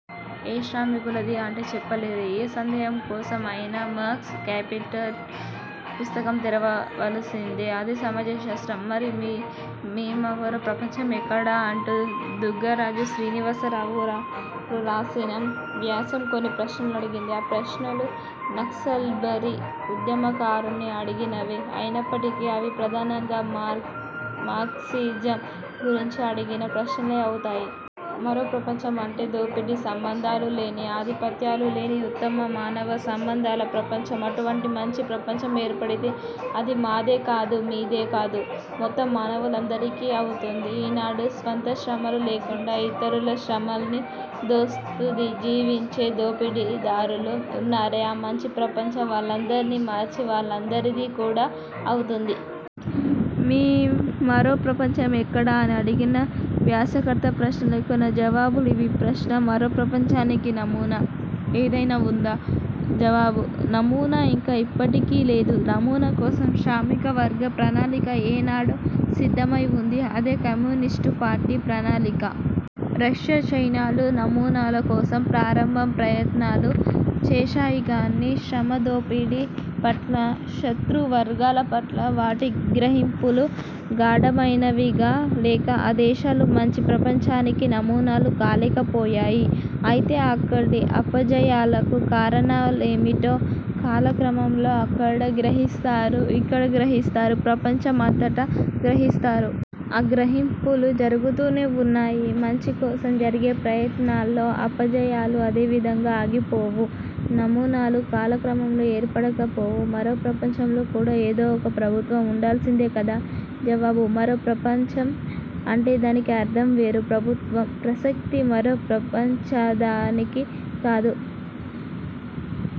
''ఏ శ్రామికులది'' అంటే, చెప్పలేరు. ఏ సందేహం కోసం అయినా, మార్క్స్ ''కాపిటల్'' పుస్తకం తెరవ వలిసిందే! అదే సమజ శస్త్రం మరి! ''మీమరో ప్రపంచం ఎక్కడ? '' అంటూ, దుగ్గరాజు శ్రీనివాసరావు గారు రాసిన వ్యాసం కొన్ని ప్రశ్నలు అడిగింది. ఆ ప్రశ్నలు, నక్సల్బరీ ఉద్యమకారుల్ని అడిగినవే అయినప్పటికీ, అవి ప్రధానంగా ''మార్క్సిజం'' గురించి అడిగిన ప్రశ్నలే అవుతాయి. ''మరో ప్రపంచం'' అంటే, దోపిడీ సంబంధాలు లేని, ఆధిపత్యాలు లేని, ఉత్తమ మానవ సంబంధాల ప్రపంచం. అటువంటి మంచి ప్రపంచం ఏర్పడితే, అది ''మాదే'' కాదు; ''మీదే'' కాదు; మొత్తం మానవులందరిదీ అవుతుంది. ఈ నాడు, స్వంత శ్రమలు లేకుండా ఇతరుల శ్రమల్ని దోస్తూ జీవించే దోపిడీదారులు వున్నారే, ఆ మంచి ప్రపంచం, వాళ్ళందర్నీ మార్చి, వాళ్ళందరిదీ కూడా అవుతుంది. ''మీ మరో ప్రపంచం ఎక్కడ? '' అని అడిగిన వ్యాసకర్త ప్రశ్నలకు నా జవాబులు ఇవి: ప్రశ్న: మరో ప్రపంచానికి నమూనా ఏదైనా వుందా? జవాబు: నమూనా ఇంకా ఇప్పటికి లేదు. నమూనా కోసం, శ్రామిక వర్గ ప్రణాళిక ఏ నాడో సిద్ధమై వుంది. అదే 'కమ్యూనిస్టు పార్టీ ప్రణాళిక'. రష్యా–చైనాలు, నమూనాల కోసం ప్రారంభ ప్రయత్నాలు చేశాయి గానీ, ''శ్రమ దోపిడీ'' పట్లా, ''శతృ వర్గాల'' పట్లా, వాటి గ్రహింపులు గాఢమైనవిగా లేక, ఆ దేశాలు మంచి ప్రపంచానికి నమూనాలు కాలేకపోయాయి. అయితే, అక్కడి అపజయాలకు కారణాలేమిటో కాల క్రమంలో అక్కడా గ్రహిస్తారు, ఇక్కడా గ్రహిస్తారు, ప్రపంచం అంతటా గ్రహిస్తారు. ఆ గ్రహింపులు జరుగుతూనే వున్నాయి. ''మంచి'' కోసం జరిగే ప్రయత్నాల్లో అపజయాలు అదే విధంగా ఆగిపోవు. నమూనాలు కాల క్రమంలో ఏర్పడక పోవు. మరో ప్రపంచంలో కూడా ఏదో ఒక ప్రభుత్వం ఉండాల్సిందే కదా? జవాబు: ''మరో ప్రపంచం'' అంటే, దాని అర్ధం వేరు. ''ప్రభుత్వం'' ప్రసక్తి, మరో ప్రపంచాదానిది కాదు.